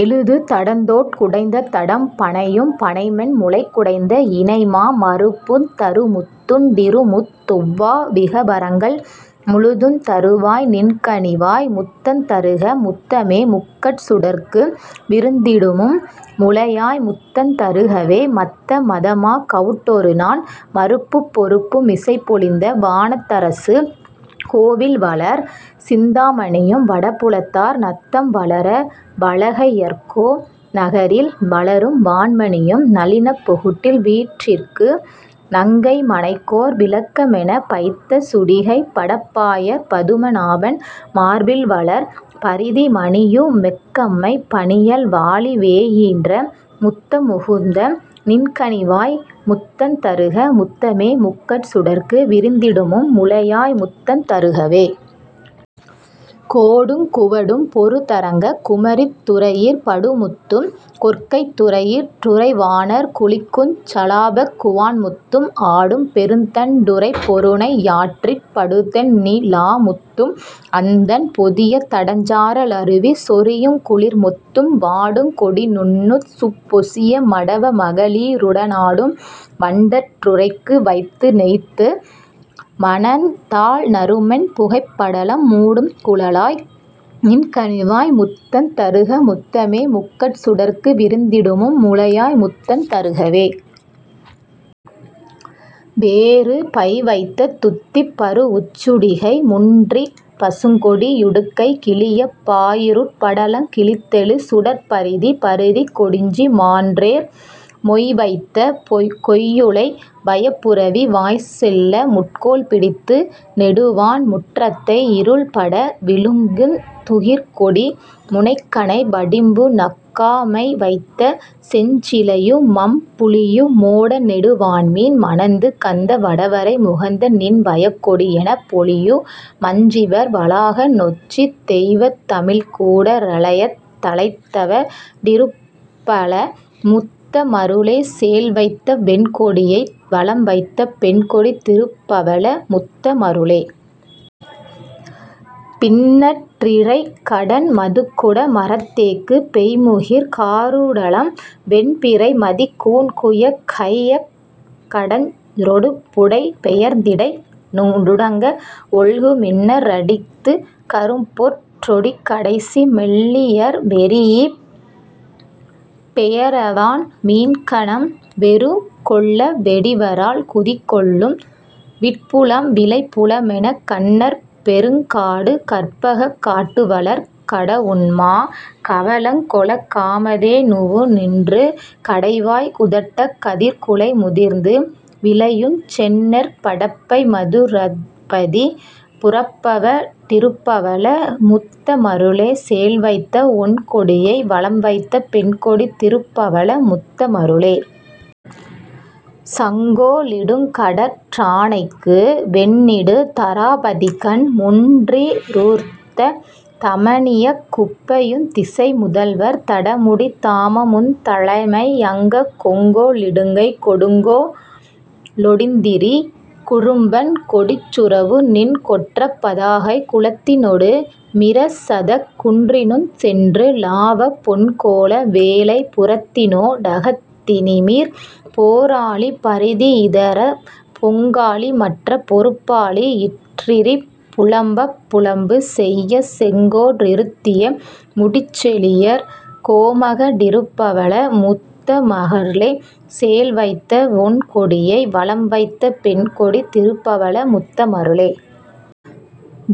எழுது தடந்தோட் குடைந்ததடம் பணையும் பணைமென் முலைக்குடைந்த இணைமா மருப்புந் தருமுத்துன் டிருமுத் தொவ்வா விகபரங்கள் முழுதுந் தருவாய் நின்கனிவாய் முத்தந் தருக முத்தமே முக்கட் சுடர்க்கு விருந்திடுமும் முலையாய் முத்தந் தருகவே. மத்த மதமாக் கவுட்டொருநான் மருப்புப் பொருப்பு மிசைப்பொலிந்த வானத் தரசு கோயில்வளர் சிந்தா மணியும் வடபுலத்தார் நத்தம் வளர வளகையர்கோ னகரில் வளரும் வான்மணியும் நளினப் பொகுட்டில் வீற்றிருக்கு நங்கை மனைக்கோர் விளக்கமெனப் பைத்த சுடிகைப் படப்பாயற் பதுமநாபன் மார்பில்வளர் பரிதி மணியு மெக்கம்மை பணியல் வாழி வேயீன்ற முத்த முகுந்த நின்கனிவாய் முத்தந் தருக முத்தமே முக்கட் சுடர்க்கு விருந்திடுமும் முலையாய்முத்தந் தருகவே. கோடுங் குவடும் பொருதரங்கக் குமரித் துறையிற் படுமுத்தும் கொற்கைத் துறையிற் றுறைவாணர் குளிக்குஞ் சலாபக் குவான்முத்தும் ஆடும் பெருந்தண் டுறைப்பொருநை யாற்றிற் படுதெண் ணிலாமுத்தும் அந்தண் பொதியத் தடஞ்சார லருவி சொரியுங் குளிர்முத்தும் வாடுங் கொடிநுண் ணுசுப்பொசிய மடவ மகளி ருடனாடும் வண்டற் றுறைக்கு வைத்துநெய்த்து மணந்தாழ் நறுமென் புகைப்படலம் மூடுங் குழலாய் நின்கனிவாய் முத்தந் தருக முத்தமே முக்கட் சுடர்க்கு விருந்திடுமும் முலையாய் முத்தந் தருகவே. வேறு பைவைத்த துத்திப் பரூஉச்சுடிகை முன்றிற் பசுங்கொடி யுடுக்கை கிழியப் பாயிருட் படலங் கிழித்தெழு சுடர்ப்பரிதி பரிதிக் கொடிஞ்சி மான்றேர் மொய்வைத்த கொய்யுளை வயப்புரவி வாய்ச்செல்ல முட்கோல் பிடித்து நெடுவான் முற்றத்தை யிருள்பட விழுங்குந் துகிற்கொடி முனைக்கணை வடிம்பு நக்கா மைவைத்த செஞ்சிலையு மம்புலியு மோடநெடு வான்மீன் மணந்து கந்த வடவரை முகந்தநின் வயக்கொடி யெனப்பொலியு மஞ்சிவர் வளாக நொச்சித் தெய்வத் தமிழ்க்கூட றழையத் தழைத்தவ டிருப்பவள முத்த மருளே சேல்வைத்த வொண்கொடியை வலம்வைத்த பெண்கொடி திருப்பவள முத்த மருளே. பின்னற் றிறைக்கடன் மதுக்குட மறத்தேக்கு பெய்முகிற் காருடலம் வெண் பிறைமதிக் கூன்குயக் கைக்கடைஞ ரொடுபுடை பெயர்ந்திடை நுடங்க வொல்கு மின்னற் றடித்துக் கரும்பொற்றொடிக்கடைசி மெல்லியர் வெரீஇப் பெயரவான் மீன்கணம் வெருக்கொள்ள வெடிவரால் குதிகொள்ளும் விட்புலம் விளை புலமெனக் கன்னற் பெருங்காடு கற்பகக் காட்டுவளர் கடவுண்மா கவளங் கொளக் காமதே னுவுநின்று கடைய்வாய் குதட்டக் கதிர்க்குலை முதிர்ந்து விளையுஞ் செந்நெற் படப்பைமது ரைப்பதி புரப்பவ டிருப்பவள முத்த மருளே சேல்வைத்த வொண்கொடியை வலம்வைத்த பெண்கொடி திருப்பவள முத்த மருளே. சங்கோ லிடுங்கடற் றானைக்கு வெந்நிடு தராபதிகண் முன்றிறூர்த்த தமனியக் குப்பையுந் திசைமுதல்வர் தடமுடித் தாமமுந் தலைம யங்கக் கொங்கோ லிடுங்கைக் கொடுங்கோ லொடுந்திரி குறும்பன் கொடிச்சுறவு நின் கொற்றப் பதாகைக் குழாத்தினொடு மிரசதக் குன்றினுஞ் சென்று லாவப் பொன்கோல வேலைப் புறத்தினொ டகத்தினிமிர் போராழி பரிதி யிரதப் பொங்காழி மற்றப் பொருப்பாழி யிற்றிரி புலம்பப் புலம்பு செய்யச் செங்கோ றிருத்திய முடிச்செழியர் கோமக டிருப்பவள முத்த மருளே சேல்வைத்த வொண்கொடியை வலம்வைத்த பெண்கொடி திருப்பவள முத்த மருளே.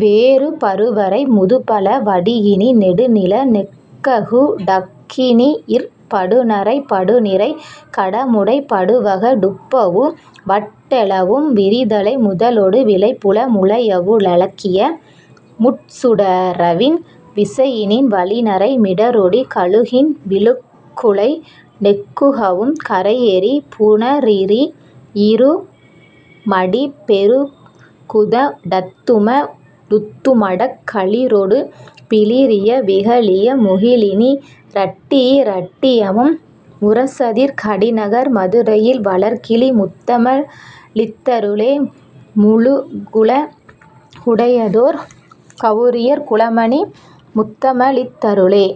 வேறு பருவரை முதுபல வடியினி னெடுநில நெக்ககு டக்கனியிற் படுநறை படுநிறை கடமுடை படுவக டுப்பவு வட்டெழவும் விரிதலை முதலொடு விளைபுல முலையவு ழக்கிய முட்சுறவின் விசையினின் வழிநறை மிடறொடி கமுகின்வி ழுக்குலை நெக்குகவும் கரையெறி புணரியி னிருமடி பெருகுத டத்தும டுத்தமடக் களிறொடு பிளிறிய விகலிய முகிலினி ரட்டியி ரட்டியமும் முரசதிர் கடிநகர் மதுரையில் வளர்கிளி முத்தம ளித்தருளே முழுதுல குடையதொர் கவுரியர் குலமணி முத்தம ளித்தருளே.